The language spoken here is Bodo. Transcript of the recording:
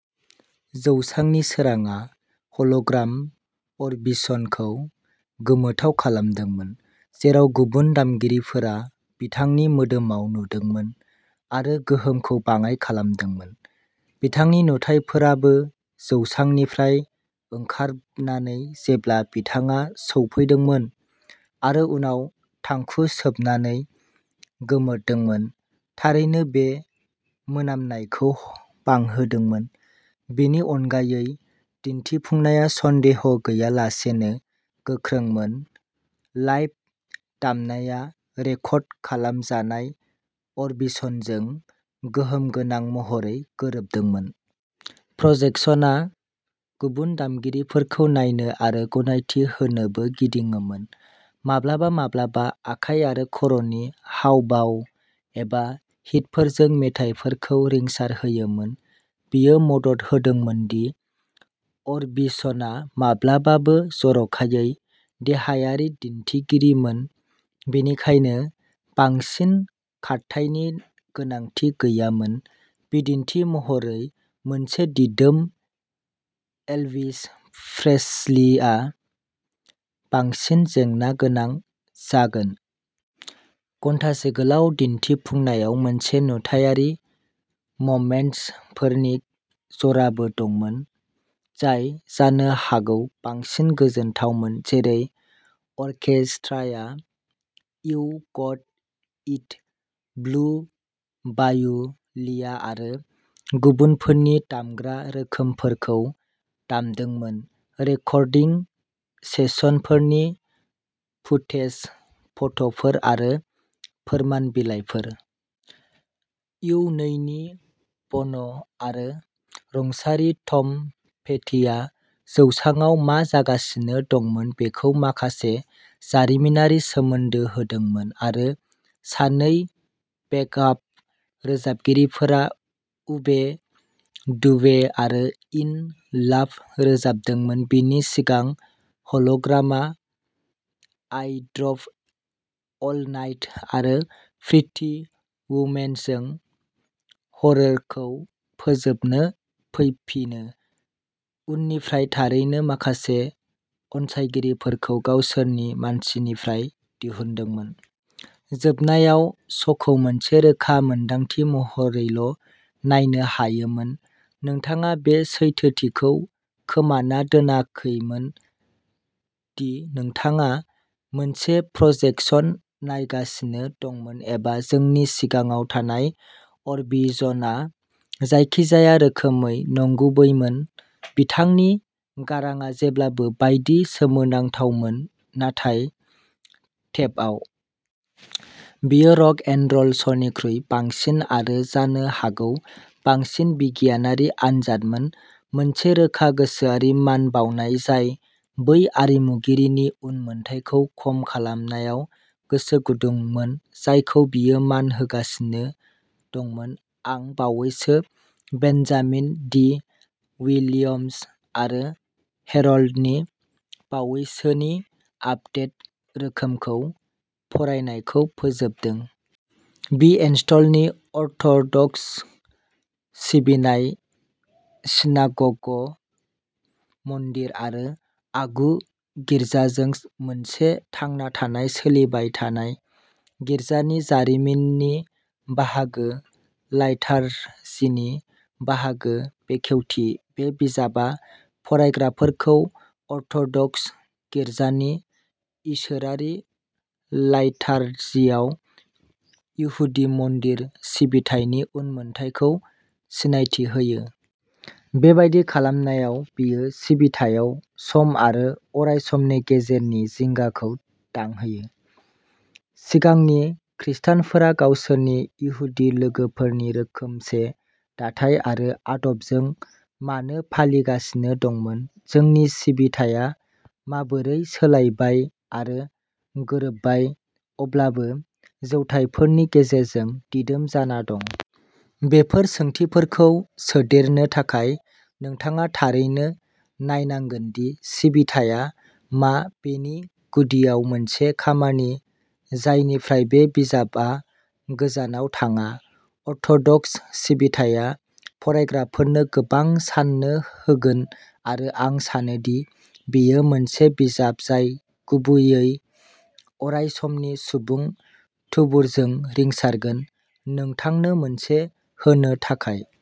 जौसांनि सोरांआ हल'ग्राम अरबिसनखौ गोमोथाव खालामदोंमोन, जेराव गुबुन दामगिरिफोरा बिथांनि मोदोमाव नुदोंमोन आरो गोहोमखौ बाङाइ खालामदोंमोन। बिथांनि नुथाइफोराबो जौसांनिफ्राय ओंखारनानै जेब्ला बिथाङा सौफैदोंमोन आरो उनाव थांखु सोबनानै गोमोरदोंमोन थारैनो बे मोनामनायखौ बांहोदोंमोन। बेनि अनगायै, दिन्थिफुंनाया सन्देह गैयालासेनो गोख्रोंमोन, लाइभ दामनाया रेकर्ड खालामजानाय अरबिसनजों गोहोम गोनां महरै गोरोबदोंमोन। प्रजेकसनआ गुबुन दामगिरिफोरखौ नायनो आरो गनायथि होनोबो गिदिङोमोन, माब्लाबा माब्लाबा आखाइ आरो खर'नि हाव भाव एबा हिटफोरजों मेथाइफोरखौ रिंसारहोयोमोन। बेयो मदद होदोंमोन दि अरबिसनआ माब्लाबाबो जर'खायै देहायारि दिन्थिगिरिमोन, बेनिखायनो बांसिन खारथायनि गोनांथि गैयामोन, बिदिन्थि महरै, मोनसे दिदोम एल्विस प्रेस्लीआ बांसिन जेंना गोनां जागोन। घन्टासे गोलाव दिन्थिफुंनायाव मोनसे नुथायारि मन्टेजफोरनि जराबो दंमोन जाय जानो हागौ बांसिन गोजोनथावमोन, जेरै अर्केस्ट्राया you got it, blue bayou, लिया आरो गुबुनफोरनि दामग्रा रोखोमफोरखौ दामदोंमोन, रेकर्डिं सेसनफोरनि फुटेज, फट'फोर आरो फोरमान बिलाइफोर। इउ नैनि बन' आरो रुंसारि टम पेटिआ जौसाङाव मा जागासिनो दंमोन बेखौ माखासे जारिमिनारि सोमोन्दो होदोंमोन आरो सानै बेकआप रोजाबगिरिफोरा उबे डुबे आरो इन लाभ रोजाबदोंमोन, बिनि सिगां हल'ग्रामआ आई ड्र'भ अल नाइट आरो प्रिटि वुमेनजों हरखौ फोजोबनो फैफिनो, उननिफ्रा थारैनो माखासे अनसायगिरिफोरखौ गावसोरनि मासिनिफ्राय दिहुनदोंमोन। जोबनायाव, श'खौ मोनसे रोखा मोन्दांथि महरैल' नायनो हायोमोन। नोंथाङा बे सैथोथिखौ खोमाना दोन्नाखैमोन दि नोंथाङा मोनसे प्रजेकसन नायगासिनो दंमोन एबा जोंनि सिगाङाव थानाय अरबिजनआ जायखिजाया रोखोमै नंगुबै मोन। बिथांनि गारांआ जेब्लाबो बायदि सोमोनांथावमोन नाथाय टेपआव। बेयो रक एन र'ल श'निख्रुइ बांसिन आरो जानो हागौ बांसिन बिगियानारि आनजादमोन, मोनसे रोखा गोसोआरि मान बाउनाय जाय बै आरिमुगिरिनि उनमोनथायखौ खम खालामनायाव गोसो गुदुंमोन जायखौ बियो मान होगासिनो दंमोन। आं बावैसो बेन्जामिन डी विलियम्स आरो हेरल्डनि बावैसोनि आपडेटेड रोखोमखौ फरायनायखौ फोजोबदों। बि एन्स्टलनि अर्थ'डक्स सिबिनाय सिनाग'ग, मन्दिर आरो आगु गिर्जाजों मोनसे थांना थानाय सोलिबाय थानाय। गिर्जानि जारिमिननि बाहागो, लाइटारजिनि बाहागो बेखेवथि, बे बिजाबआ फरायग्राफोरखौ अर्थ'डक्स गिर्जानि इसोरारि लाइटारजियाव इहुदि मन्दिर सिबिथायनि उनमोनथाइखौ सिनायथि होयो। बेबादि खालामनायाव, बेयो सिबिथायाव सम आरो अरायसमनि गेजेरनि जिंगाखौ दांहोयो। सिगांनि खृस्टानफोरा गावसोरनि इहुदि लोगोफोरनि रोखोमसे दाथाय आरो आदबजों मानो फालिगासिनो दंमोन? जोंनि सिबिथाया माबोरै सोलायबाय आरो गोरोबबाय, अब्लाबो जौथायफोरनि गेजेरजों दिदोम जाना दं? बेफोर सोंथिफोरखौ सोदेरनो थाखाय, नोंथाङा थारैनो नायनांगोन दि सिबिथाया मा, बेनि गुदियाव मोनसे खामानि जायनिफ्राय बे बिजाबआ गोजानाव थाङा। अर्थ'डक्स सिबिथाया फरायग्राफोरनो गोबां साननो होगोन आरो आं सानोदि बेयो मोनसे बिजाब जाय गुबैयै अरायसमनि सुबुं थुबुरजों रिंसारगोन। नोंथांनो मोनसे होनो थाखाय।